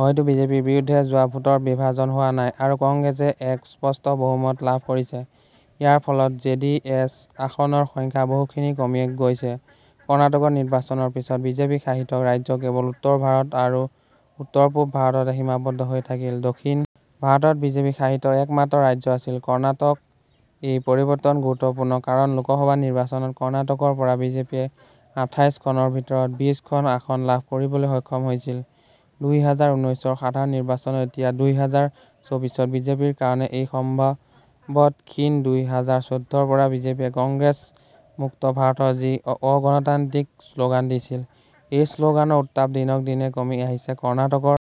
হয়তো বিজেপিৰ বিৰুদ্ধে যোৱা ভোটৰ বিভাজন হোৱা নাই আৰু কংগ্ৰেছে এক স্পষ্ট বহুমত লাভ কৰিছে। ইয়াৰ ফলত জেডি এছ আসনৰ সংখ্যা বহুখিনি কমি গৈছে। কৰ্ণাটকত নিৰ্বাচনৰ পিছত বিজেপি শাসিত ৰাজ্য কেৱল উত্তৰ-ভাৰত আৰু উত্তৰ-পূব ভাৰততে সীমাবদ্ধ হৈ থাকিল। দক্ষিণ ভাৰতত বিজেপি শাসিত একমাত্ৰ ৰাজ্য আছিল। কৰ্ণাটকএই পৰিবৰ্তন গুৰুত্বপূৰ্ণ কাৰণ লোকসভা নিৰ্বাচনত কৰ্ণাটকৰ পৰা বিজেপিয়ে আঠাইছ খনৰ ভিতৰত বিশ খন আসন লাভ কৰিবলৈ সক্ষম হৈছিল। দুই হাজাৰ ঊনৈছৰ সাধাৰণ নিৰ্বাচনত এতিয়া দুই হাজাৰ চৌবিশত বিজেপিৰ কাৰণে এই সম্ভাৱত ক্ষীণ দুই হাজাৰ চৈধ্যৰ পৰা বিজেপিয়ে কংগ্ৰেছ মুক্ত ভাৰতৰ যি অগণতান্ত্ৰিক শ্লগান দিছিল, সেই শ্লগানৰ উত্তাপ দিনক দিনে কমি আহিছে। কৰ্ণাটকৰ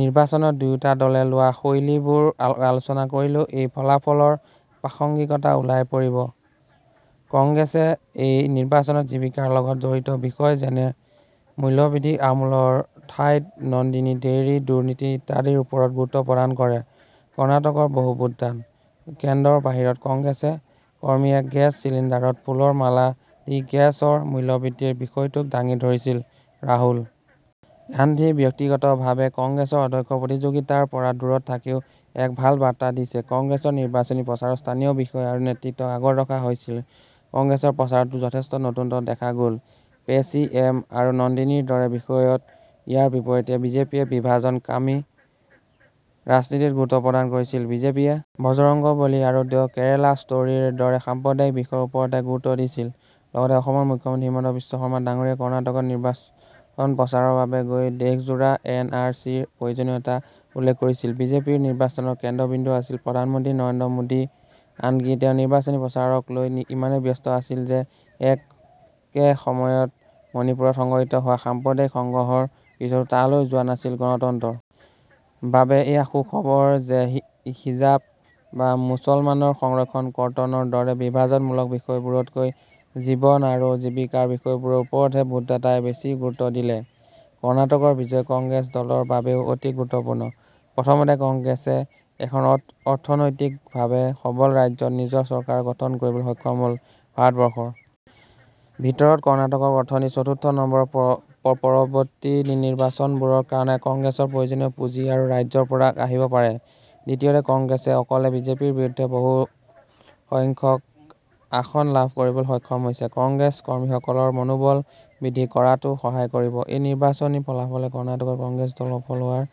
নিৰ্বাচনত দুয়োটা দলে লোৱা শৈলীবোৰ আলোচনা কৰিলেও এই ফলাফলৰ প্ৰাসংগিকতা ওলাই পৰিব। কংগ্ৰেছে এই নিৰ্বাচনত জীৱিকাৰ লগত জড়িত বিষয় যেনে মূল্যবৃদ্ধি আমুলৰ ঠাইত নন্দিনী ডেইৰী দুৰ্নীতি ইত্যাদিৰ ওপৰত গুৰুত্ব প্ৰদান কৰে। কৰ্ণাটকৰ বহু ভোটদান কেন্দ্ৰৰ বাহিৰত কংগ্ৰেছে কৰ্মীয়ে গেছ চিলিণ্ডাৰত ফুলৰ মালা দি গেছৰ মূল্যবৃদ্ধিৰ বিষয়টোক দাঙি ধৰিছিল। ৰাহুল গান্ধী ব্যক্তিগতভাৱে কংগ্ৰেছৰ অধ্যক্ষৰ প্ৰতিযোগিতাৰ পৰা দূৰত থাকিও এক ভাল বাৰ্তা দিছে। কংগ্ৰেছৰ নিৰ্বাচনী প্ৰচাৰত স্থানীয় বিষয় আৰু নেতৃত্বক আগত ৰখা হৈছিল। কংগ্ৰেছৰ প্ৰচাৰতো যথেষ্ট নতুনত্ব দেখা গল পেচিএম আৰু নন্দিনীৰ দৰে বিষয়ত ইয়াৰ বিপৰীতে বিজেপিয়ে বিভাজনকামী ৰাজনীতিত গুৰুত্ব প্ৰদান কৰিছিল। বিজেপিয়ে বজৰঙ্গবলী আৰু "দ্য কেৰেলা ষ্টৰী"ৰ দৰে সাম্প্ৰদায়িক বিষয়ৰ ওপৰতহে গুৰুত্ব দিছিল। লগতে অসমৰ মুখ্যমন্ত্ৰী হিমন্ত বিশ্ব শৰ্মা ডাঙৰীয়াও কৰ্ণাটকত নিৰ্বাচন প্ৰচাৰৰ বাবে গৈ দেশজোৰা এন আৰ চিৰ প্ৰয়োজনীয়তা উল্লেখ কৰিছিল। বিজেপিৰ নিৰ্বাচনৰ কেন্দ্ৰবিন্দু আছিল প্ৰধানমন্ত্ৰী নৰেন্দ্ৰ মোদীআনকি তেওঁ নিৰ্বাচনী প্ৰচাৰকলৈ ইমানে ব্যস্ত আছিল যে একে সময়ত মণিপুৰত সংঘটিত হোৱা সাম্প্ৰদায়িক সংঘৰ্ষৰ পিছতো তালৈ যোৱা নাছিল। গণতন্ত্ৰৰ বাবে এয়া সুখবৰ যে হিজাব বা মুছলমানৰ সংৰক্ষণ কৰ্তনৰ দৰে বিভাজনমূলক বিষয়বোৰতকৈ জীৱন আৰু জীৱিকাৰ বিষয়বোৰৰ ওপৰতহে ভোটদাতাই বেছি গুৰুত্ব দিলে। কৰ্ণাটকৰ বিজয় কংগ্ৰেছ দলৰ বাবেও অতি গুৰুত্বপূৰ্ণ। প্ৰথমতে কংগ্ৰেছে এখন অৰ্থনৈতিকভাৱে সবল ৰাজ্যত নিজৰ চৰকাৰ গঠন কৰিবলৈ সক্ষম হল। ভাৰতবৰ্ষৰ ভিতৰত কৰ্ণাটকৰ অৰ্থনীতি চতুৰ্থ নম্বৰত পৰবৰ্তী নিৰ্বাচনবোৰৰ কাৰণে কংগ্ৰেছৰ প্ৰয়োজনীয় পুঁজি আৰু ৰাজ্যৰ পৰা আহিব পাৰে। দ্বিতীয়তে কংগ্ৰেছে অকলে বিজেপিৰ বিৰুদ্ধে বহুলসংখ্যক আসন লাভ কৰিবলৈ সক্ষম হৈছে। কংগ্ৰেছ কৰ্মীসকলৰ মনোবল বৃদ্ধি কৰাতো সহায় কৰিব। এই নিৰ্বাচনী ফলাফলে কৰ্ণাটকত কংগ্ৰেছ দল সফল হোৱাৰ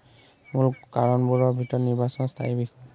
মূল কাৰণবোৰৰ ভিতৰত নিৰ্বাচনত স্থায়ী বিষয়।